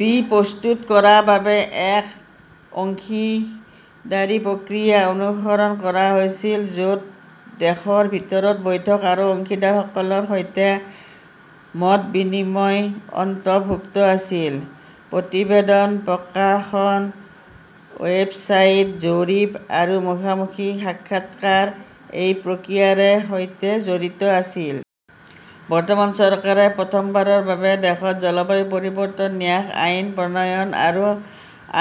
P. প্ৰস্তুত কৰাৰ বাবে এক অংশীদাৰী প্ৰক্ৰিয়া অনুসৰণ কৰা হৈছিল য'ত দেশৰ ভিতৰৰ বৈঠক আৰু অংশীদাৰসকলৰ সৈতে মত বিনিময় অন্তৰ্ভুক্ত আছিল। প্ৰতিবেদন, প্ৰকাশন, ৱেবছাইট, জৰীপ আৰু মুখামুখি সাক্ষাৎকাৰ এই প্ৰক্ৰিয়াৰ সৈতে জড়িত আছিল। বৰ্তমানৰ চৰকাৰে প্ৰথমবাৰৰ বাবে দেশত জলবায়ু পৰিৱৰ্তন ন্যাস আইন প্ৰণয়ন আৰু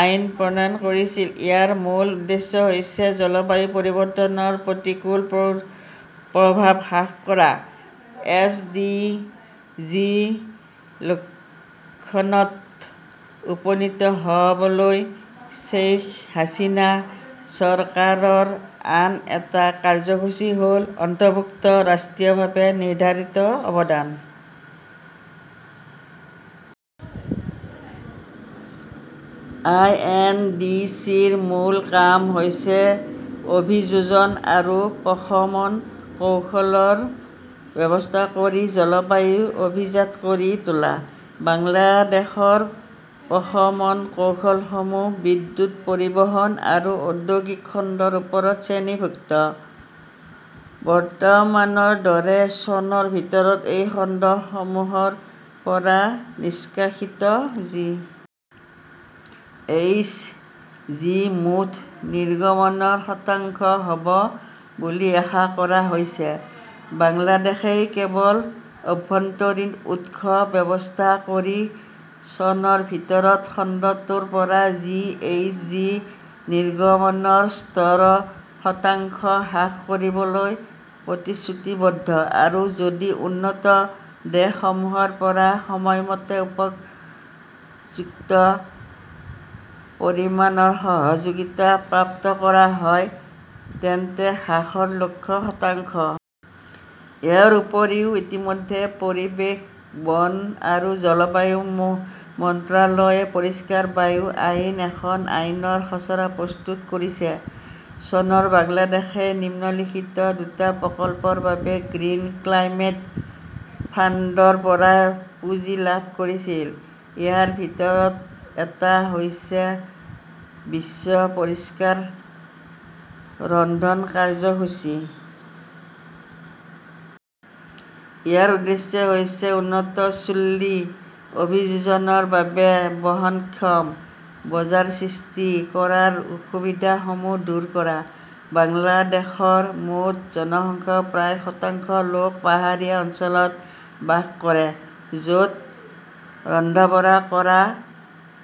আইন প্ৰণয়ন কৰিছিল। ইয়াৰ মূল উদ্দেশ্য হৈছে জলবায়ু পৰিৱৰ্তনৰ প্ৰতিকূল প্ৰভাৱ হ্ৰাস কৰা। এছ. ডি. জি. -ৰ লক্ষ্যত উপনীত হ "বলৈ শ্বেইখ হাছিনা চৰকাৰৰ আন এটা কাৰ্যসূচী হ" ল অন্তৰ্ভুক্ত ৰাষ্ট্ৰীয়ভাৱে নিৰ্ধাৰিত অৱদান। আই. এন. ডি. চি. -ৰ মূল কাম হৈছে অভিযোজন আৰু প্ৰশমন কৌশলৰ ব্যৱস্থা কৰি জলবায়ু অভিজাত কৰি তোলা। বাংলাদেশৰ প্ৰশমন কৌশলসমূহ বিদ্যুৎ, পৰিবহণ আৰু ঔদ্যোগিক খণ্ডৰ ওপৰত কেন্দ্ৰীভূত। "বৰ্তমানৰ দৰে, চনৰ ভিতৰত এই খণ্ডসমূহৰ পৰা নিষ্কাশিত জি. এইচ. জি. মুঠ নিৰ্গমনৰ শতাংশ হ" ব বুলি আশা কৰা হৈছে। বাংলাদেশই কেৱল আভ্যন্তৰীণ উৎস ব্যৱহাৰ কৰি চনৰ ভিতৰত খণ্ডটোৰ পৰা জি. এইচ. জি. নিৰ্গমনৰ স্তৰ শতাংশ হ্ৰাস কৰিবলৈ প্ৰতিশ্ৰুতিবদ্ধ। আৰু যদি উন্নত দেশসমূহৰ পৰা সময়মতে উপযুক্ত পৰিমাণৰ সহযোগিতা প্ৰাপ্ত কৰা হয়, তেন্তে হ্ৰাসৰ লক্ষ্য শতাংশ। ইয়াৰ উপৰিও, ইতিমধ্যে পৰিৱেশ, বন আৰু জলবায়ু মন্ত্ৰালয়ে 'পৰিষ্কাৰ বায়ু আইন, "এখন আইনৰ খচৰা প্ৰস্তুত কৰিছে। চনত বাংলাদেশই নিম্নলিখিত দুটা প্ৰকল্পৰ বাবে গ্ৰীণ ক্লাইমেট ফাণ্ড ৰ পৰা পুঁজি লাভ কৰিছিল। ইয়াৰ ভিতৰত এটা হৈছে 'বিশ্ব পৰিষ্কাৰ ৰন্ধন কাৰ্যসূচী "। ইয়াৰ উদ্দেশ্য হৈছে উন্নত চুল্লী অভিযোজনৰ বাবে বহনক্ষম বজাৰ সৃষ্টি কৰাৰ অসুবিধাসমূহ দূৰ কৰা। বাংলাদেশৰ মুঠ জনসংখ্যাৰ প্ৰায় শতাংশ লোক পাহাৰীয়া অঞ্চলত বাস কৰে য 'ত ৰন্ধা-বঢ়া কৰা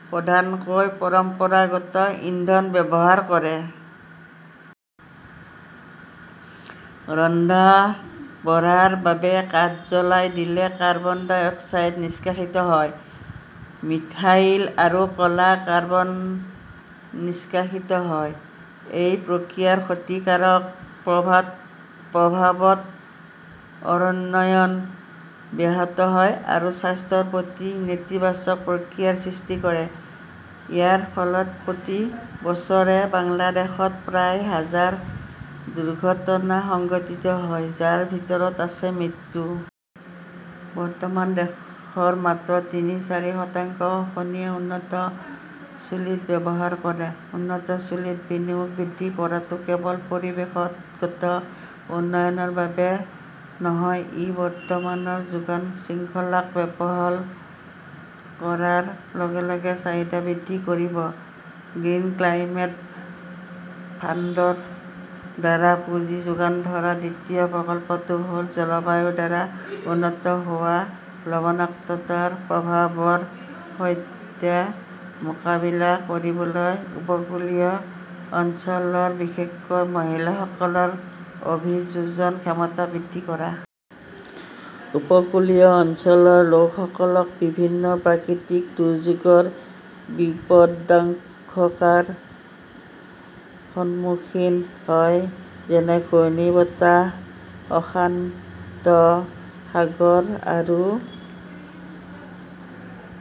প্ৰধানকৈ পৰম্পৰাগত ইন্ধন ব্যৱহাৰ কৰে। ৰন্ধা-বঢ়াৰ বাবে কাঠ জ্বলাই দিলে কাৰ্বন ডাই অক্সাইড নিষ্কাশিত হয়। মিথাইল আৰু ক 'লা কাৰ্বন নিষ্কাশিত হয়। এই প্ৰক্ৰিয়াৰ ক্ষতিকাৰক প্ৰভাৱত অৰণ্যায়ন ব্যাহত হয় আৰু স্বাস্থ্যৰ প্ৰতি নেতিবাচক প্ৰতিক্ৰিয়াৰ সৃষ্টি কৰে। ইয়াৰ ফলত প্ৰতি বছৰে বাংলাদেশত প্ৰায় হাজাৰ দুৰ্ঘটনা সংঘটিত হয়, যাৰ ভিতৰত আছে মৃত্যু। বৰ্তমান, দেশৰ মাত্ৰ তিনি-চাৰি শতাংশ খনিয়ে উন্নত চুলিত ব্যৱহাৰ কৰে। উন্নত চুলিত বিনিয়োগ বৃদ্ধি কৰাটো কেৱল পৰিৱেশগত উন্নয়নৰ বাবে নহয়; ই বৰ্তমানৰ যোগান শৃংখলাক বহল কৰাৰ লগে লগে চাহিদা বৃদ্ধি কৰিব। গ্ৰীণ ক্লাইমেট ফাণ্ড ৰ দ্বাৰা পুঁজি যোগান ধৰা দ্বিতীয় প্ৰকল্পটো হ 'ল' জলবায়ুৰ দ্বাৰা উদ্ভৱ হোৱা লবণাক্ততাৰ প্ৰভাৱৰ সৈতে মোকাবিলা কৰিবলৈ উপকূলীয় অঞ্চলৰ বিশেষকৈ মহিলাসকলৰ অভিযোজন ক্ষমতা বৃদ্ধি কৰা '। উপকূলীয় অঞ্চলৰ লোকসকল বিভিন্ন প্ৰাকৃতিক দুৰ্যোগৰ বিপদাশংকাৰ সন্মুখীন হয়, যেনে ঘূৰ্ণীবতাহ, অশান্ত সাগৰ আৰু